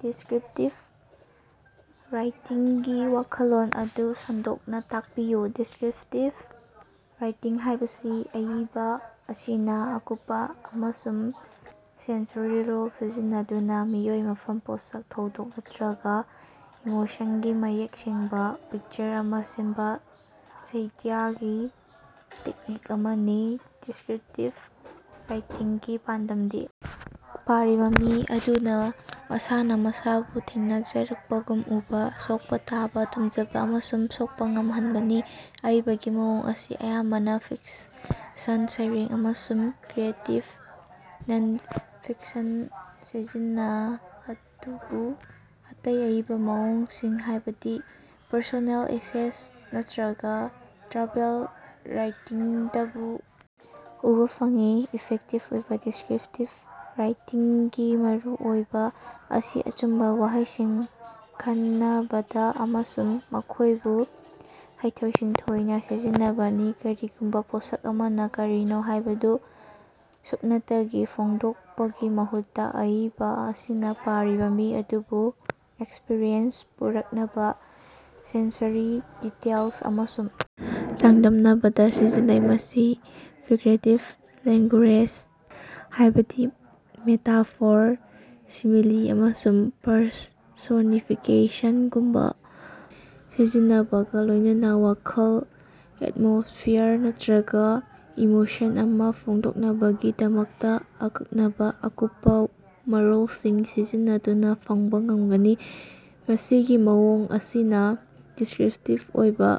Descriptive ꯔꯥꯏꯇꯤꯡꯒꯤ ꯋꯥꯈꯜꯂꯣꯟ ꯑꯗꯨ ꯁꯟꯗꯣꯛꯅ ꯇꯥꯛꯄꯤꯌꯨ꯫ ꯗꯤꯁꯀ꯭ꯔꯤꯞꯇꯤꯚ ꯔꯥꯏꯇꯤꯡ ꯍꯥꯏꯕꯁꯤ ꯑꯏꯕ ꯑꯁꯤꯅ ꯑꯀꯨꯞꯄ ꯑꯃꯁꯨꯡ ꯁꯦꯟꯁꯔꯤ ꯂꯣꯜ ꯁꯤꯖꯤꯟꯅꯗꯨꯅ ꯃꯤꯑꯣꯏ, ꯃꯐꯝ, ꯄꯣꯠꯁꯛ, ꯊꯧꯗꯣꯛ ꯅꯠꯇ꯭ꯔꯒ ꯏꯃꯣꯁꯟꯒꯤ ꯃꯌꯦꯛ ꯁꯦꯡꯕ ꯄꯤꯛꯆꯔ ꯑꯃ ꯁꯦꯝꯕ ꯁꯥꯍꯤꯇ꯭ꯌꯒꯤ ꯇꯦꯛꯅꯤꯛ ꯑꯃꯅꯤ꯫ ꯗꯤꯁꯀ꯭ꯔꯤꯞꯇꯤꯚ ꯔꯥꯏꯇꯤꯡꯒꯤ ꯄꯥꯟꯗꯝꯗꯤ ꯄꯥꯔꯤꯕ ꯃꯤ ꯑꯗꯨꯅ ꯃꯁꯥꯅ ꯃꯁꯥꯕꯨ ꯊꯦꯡꯅꯖꯔꯛꯄꯒꯨꯝ ꯎꯕ, ꯁꯣꯛꯄ, ꯇꯥꯕ, ꯇꯝꯖꯕ ꯑꯃꯁꯨꯡ ꯁꯣꯛꯄ ꯉꯝꯍꯟꯕꯅꯤ꯫ ꯑꯏꯕꯒꯤ ꯃꯑꯣꯡ ꯑꯁꯤ ꯑꯌꯥꯝꯕꯅ ꯐꯤꯛꯁꯟ, ꯁꯩꯔꯦꯡ ꯑꯃꯁꯨꯡ ꯀ꯭ꯔꯤꯌꯦꯇꯤꯚ ꯅꯟ-ꯐꯤꯛꯁꯟꯗ ꯁꯤꯖꯤꯟꯅ ꯑꯗꯨꯕꯨ ꯑꯇꯩ ꯑꯏꯕ ꯃꯑꯣꯡꯁꯤꯡ ꯍꯥꯏꯕꯗꯤ ꯄꯔꯁꯣꯅꯦꯜ ꯑꯦꯁꯦꯁ ꯅꯠꯇ꯭ꯔꯒ ꯇ꯭ꯔꯥꯚꯦꯜ ꯔꯥꯏꯇꯤꯡꯗꯕꯨ ꯎꯕ ꯐꯪꯏ꯫ ꯏꯐꯦꯛꯇꯤꯚ ꯑꯣꯏꯕ ꯗꯤꯁꯀ꯭ꯔꯤꯞꯇꯤꯚ ꯔꯥꯏꯇꯤꯡꯒꯤ ꯃꯔꯨꯑꯣꯏꯕ ꯑꯁꯤ ꯑꯆꯨꯝꯕ ꯋꯥꯍꯩꯁꯤꯡ ꯈꯟꯅꯕꯗ ꯑꯃꯁꯨꯡ ꯃꯈꯣꯏꯕꯨ ꯍꯩꯊꯣꯏ-ꯁꯤꯡꯊꯣꯏꯅ ꯁꯤꯖꯤꯟꯅꯕꯅꯤ꯫ ꯀꯔꯤꯒꯨꯝꯕ ꯄꯣꯠꯁꯛ ꯑꯃꯅ ꯀꯔꯤꯅꯣ ꯍꯥꯏꯕꯗꯨ ꯁꯨꯞꯅꯇꯒꯤ ꯐꯣꯡꯗꯣꯛꯄꯒꯤ ꯃꯍꯨꯠꯇ ꯑꯏꯕ ꯑꯁꯤꯅ ꯄꯥꯔꯤꯕ ꯃꯤ ꯑꯗꯨꯕꯨ ꯑꯦꯛꯁꯄꯤꯔꯤꯌꯦꯟꯁꯇ ꯄꯨꯔꯛꯅꯕ ꯁꯦꯟꯁꯔꯤ ꯗꯤꯇꯦꯜꯁ ꯑꯃꯁꯨꯡ ꯆꯥꯡꯗꯝꯅꯕꯗ ꯁꯤꯖꯤꯟꯅꯩ꯫ ꯃꯁꯤ ꯐꯤꯒꯔꯦꯇꯤꯚ ꯂꯦꯡꯒꯨꯌꯦꯖ, ꯍꯥꯏꯕꯗꯤ ꯃꯦꯇꯥꯐꯣꯔ, ꯁꯤꯃꯤꯂꯤ ꯑꯃꯁꯨꯡ ꯄꯔꯁꯣꯅꯤꯐꯤꯀꯦꯁꯟꯒꯨꯝꯕ ꯁꯤꯖꯤꯟꯅꯕꯒ ꯂꯣꯏꯅꯅ ꯋꯥꯈꯜ, ꯑꯦꯠꯃꯣꯁ꯭ꯐꯤꯌꯔ ꯅꯠꯇ꯭ꯔꯒ ꯏꯃꯣꯁꯟ ꯑꯃ ꯐꯣꯡꯗꯣꯛꯅꯕꯒꯤꯗꯃꯛꯇ ꯑꯀꯛꯅꯕ ꯑꯀꯨꯞꯄ ꯃꯔꯣꯜꯁꯤꯡ ꯁꯤꯖꯤꯟꯅꯗꯨꯅ ꯐꯪꯕ ꯉꯝꯒꯅꯤ꯫ ꯃꯁꯤꯒꯤ ꯃꯑꯣꯡ ꯑꯁꯤꯅ ꯗꯤꯁꯀ꯭ꯔꯤꯞꯇꯤꯚ ꯑꯣꯏꯕ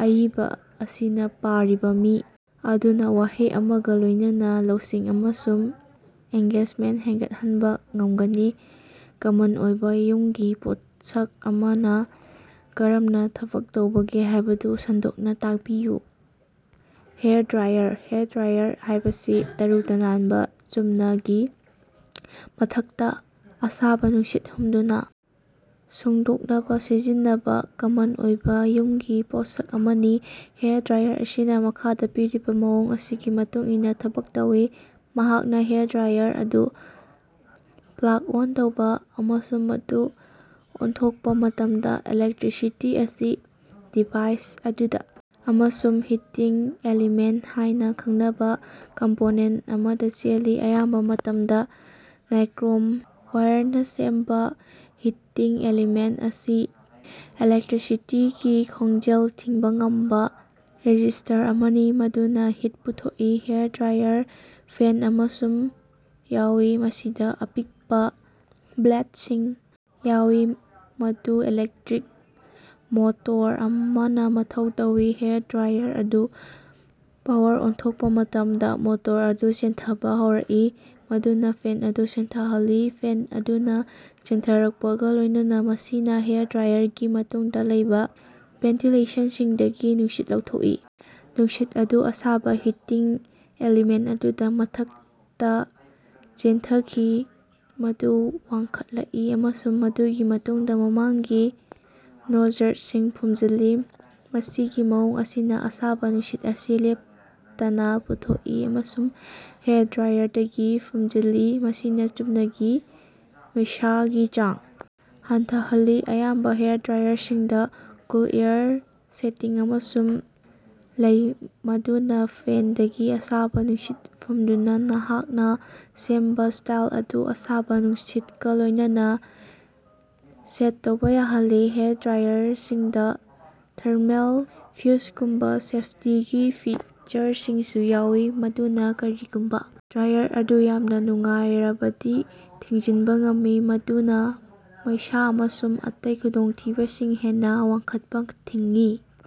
ꯑꯏꯕ ꯑꯁꯤꯅ ꯄꯥꯔꯤꯕ ꯃꯤ ꯑꯗꯨꯅ ꯋꯥꯍꯩ ꯑꯃꯒ ꯂꯣꯏꯅꯅ ꯂꯧꯁꯤꯡ ꯑꯃꯁꯨꯡ ꯑꯦꯟꯒꯦꯖꯃꯦꯟꯇ ꯍꯦꯟꯒꯠꯍꯟꯕ ꯉꯝꯒꯅꯤ꯫ ꯀꯃꯟ ꯑꯣꯏꯕ ꯌꯨꯝꯒꯤ ꯄꯣꯠꯁꯛ ꯑꯃꯅ ꯀꯔꯝꯅ ꯊꯕꯛ ꯇꯧꯕꯒꯦ ꯍꯥꯏꯕꯗꯨ ꯁꯟꯗꯣꯛꯅ ꯇꯥꯛꯄꯤꯌꯨ꯫ ꯍꯦꯌꯔ ꯗ꯭ꯔꯥꯏꯌꯔ: ꯍꯦꯌꯔ ꯗ꯭ꯔꯥꯏꯌꯔ ꯍꯥꯏꯕꯁꯤ ꯇꯔꯨ ꯇꯅꯥꯟꯕ ꯆꯨꯝꯅ ꯒꯤ ꯃꯊꯛꯇ ꯑꯁꯥꯕ ꯅꯨꯡꯁꯤꯠ ꯍꯨꯝꯗꯨꯅ ꯁꯨꯡꯗꯣꯛꯅꯕ ꯁꯤꯖꯤꯟꯅꯕ ꯀꯃꯟ ꯑꯣꯏꯕ ꯌꯨꯝꯒꯤ ꯄꯣꯠꯁꯛ ꯑꯃꯅꯤ꯫ ꯍꯦꯌꯔ ꯗ꯭ꯔꯥꯏꯌꯔ ꯑꯁꯤꯅ ꯃꯈꯥꯗ ꯄꯤꯔꯤꯕ ꯃꯑꯣꯡ ꯑꯁꯤꯒꯤ ꯃꯇꯨꯡ ꯏꯟꯅ ꯊꯕꯛ ꯇꯧꯏ꯫ ꯅꯍꯥꯛꯅ ꯍꯦꯌꯔ ꯗ꯭ꯔꯥꯏꯌꯔ ꯑꯗꯨ ꯄꯥꯜꯂꯒ ꯑꯣꯟ ꯇꯧꯕ ꯑꯃꯁꯨꯡ ꯃꯗꯨ ꯑꯣꯟꯊꯣꯛꯄ ꯃꯇꯝꯗ ꯏꯂꯦꯛꯇ꯭ꯔꯤꯁꯤꯇꯤ ꯑꯁꯤ ꯗꯤꯚꯥꯏꯁ ꯑꯗꯨꯗ ꯑꯃꯁꯨꯡ ꯍꯤꯇꯤꯡ ꯑꯦꯂꯤꯃꯦꯟꯇ ꯍꯥꯏꯅ ꯈꯪꯅꯕ ꯀꯝꯄꯣꯅꯦꯟꯇ ꯑꯃꯗ ꯆꯦꯜꯂꯤ꯫ ꯑꯌꯥꯝꯕ ꯃꯇꯝꯗ ꯅꯥꯏꯀ꯭ꯔꯣꯝ ꯋꯥꯌꯔꯅ ꯁꯦꯝꯕ ꯍꯤꯇꯤꯡ ꯑꯦꯂꯤꯃꯦꯟꯇ ꯑꯁꯤ ꯏꯂꯦꯛꯇ꯭ꯔꯤꯁꯤꯇꯤꯒꯤ ꯈꯣꯡꯖꯦꯜ ꯊꯤꯡꯕ ꯉꯝꯕ ꯔꯦꯖꯤꯁ꯭ꯇꯔ ꯑꯃꯅꯤ꯫ ꯃꯗꯨꯅ ꯍꯤꯠ ꯄꯨꯊꯣꯀꯏ꯫ ꯍꯦꯌꯔ ꯗ꯭ꯔꯥꯏꯌꯔꯗ ꯐꯦꯟ ꯑꯃꯁꯨ ꯌꯥꯎꯏ꯫ ꯃꯁꯤꯗ ꯑꯄꯤꯛꯄ ꯕ꯭ꯂꯦꯗꯁꯤꯡ ꯌꯥꯎꯏ꯫ ꯃꯗꯨ ꯏꯂꯦꯛꯇ꯭ꯔꯤꯛ ꯃꯣꯇꯣꯔ ꯑꯃꯅ ꯃꯊꯧ ꯇꯧꯏ꯫ ꯍꯦꯌꯔ ꯗ꯭ꯔꯥꯏꯌꯔ ꯑꯗꯨ ꯄꯥꯋꯔ ꯑꯣꯟꯊꯣꯛꯄ ꯃꯇꯝꯗ ꯃꯣꯇꯣꯔ ꯑꯗꯨ ꯆꯦꯟꯊꯕ ꯍꯧꯔꯛꯏ, ꯃꯗꯨꯅ ꯐꯦꯟ ꯑꯗꯨ ꯆꯦꯟꯊꯍꯜꯂꯤ꯫ ꯐꯦꯟ ꯑꯗꯨꯅ ꯆꯦꯟꯊꯔꯛꯄꯒ ꯂꯣꯏꯅꯅ ꯃꯁꯤꯅ ꯍꯦꯌꯔ ꯗ꯭ꯔꯥꯏꯌꯔꯒꯤ ꯃꯇꯨꯡꯗ ꯂꯩꯕ ꯚꯦꯟꯇꯤꯂꯦꯁꯟꯁꯤꯡꯗꯒꯤ ꯅꯨꯡꯁꯤꯠ ꯂꯧꯊꯣꯛꯏ꯫ ꯅꯨꯡꯁꯤꯠ ꯑꯗꯨ ꯑꯁꯥꯕ ꯍꯤꯇꯤꯡ ꯑꯦꯂꯤꯃꯦꯟꯇ ꯑꯗꯨꯒꯤ ꯃꯊꯛꯇ ꯆꯦꯟꯊꯈꯤ꯫ ꯃꯗꯨ ꯋꯥꯡꯈꯠꯂꯛꯏ ꯑꯃꯁꯨꯡ ꯃꯗꯨꯒꯤ ꯃꯇꯨꯡꯗ ꯃꯃꯥꯡꯒꯤ ꯅꯣꯖꯜꯗꯁꯤꯡ ꯐꯨꯝꯖꯤꯜꯂꯤ꯫ ꯃꯁꯤꯒꯤ ꯃꯑꯣꯡ ꯑꯁꯤꯅ ꯑꯁꯥꯕ ꯅꯨꯡꯁꯤꯠ ꯑꯁꯤ ꯂꯦꯞꯇꯅ ꯄꯨꯊꯣꯛꯏ ꯑꯃꯁꯨꯡ ꯍꯦꯌꯔ ꯗ꯭ꯔꯥꯏꯌꯔꯗꯒꯤ ꯐꯨꯝꯖꯤꯜꯂꯤ ꯃꯁꯤꯅ ꯆꯨꯝꯅ ꯒꯤ ꯃꯩꯁꯥꯒꯤ ꯆꯥꯡ ꯍꯟꯊꯍꯜꯂꯤ꯫ ꯑꯌꯥꯝꯕ ꯍꯦꯌꯔ ꯗ꯭ꯔꯥꯏꯌꯔꯁꯤꯡꯗ ꯀꯨꯜ ꯑꯦꯌꯔ ꯁꯦꯇꯤꯡ ꯑꯃꯁꯨ ꯂꯩ ꯃꯗꯨꯅ ꯐꯦꯟꯗꯒꯤ ꯑꯁꯥꯕ ꯅꯨꯡꯁꯤꯠ ꯐꯨꯝꯗꯨꯅ ꯅꯍꯥꯛꯅ ꯁꯦꯝꯕ ꯁ꯭ꯇꯥꯏꯜ ꯑꯗꯨ ꯑꯁꯥꯕ ꯅꯨꯡꯁꯤꯠꯀ ꯂꯣꯏꯅꯅ ꯁꯦꯠ ꯇꯧꯕ ꯌꯥꯍꯜꯂꯤ꯫ ꯍꯦꯌꯔ ꯗ꯭ꯔꯥꯏꯌꯔꯁꯤꯡꯗ ꯊꯔꯃꯦꯜ ꯐ꯭ꯌꯨꯖꯒꯨꯝꯕ ꯁꯦꯐꯇꯤꯒꯤ ꯐꯤꯆꯔꯁꯤꯡꯁꯨ ꯌꯥꯎꯏ ꯃꯗꯨꯅ ꯀꯔꯤꯒꯨꯝꯕ ꯗ꯭ꯔꯥꯏꯌꯔ ꯑꯗꯨ ꯌꯥꯝꯅ ꯅꯨꯡꯉꯥꯏꯔꯕꯗꯤ ꯊꯤꯡꯖꯤꯟꯕ ꯉꯝꯃꯤ꯫ ꯃꯗꯨꯅ ꯃꯩꯁ ꯑꯃꯁꯨꯡ ꯑꯇꯩ ꯈꯨꯗꯣꯡꯊꯤꯕꯁꯤꯡ ꯍꯦꯟꯅ ꯋꯥꯡꯈꯠꯄ ꯊꯤꯡꯏ꯫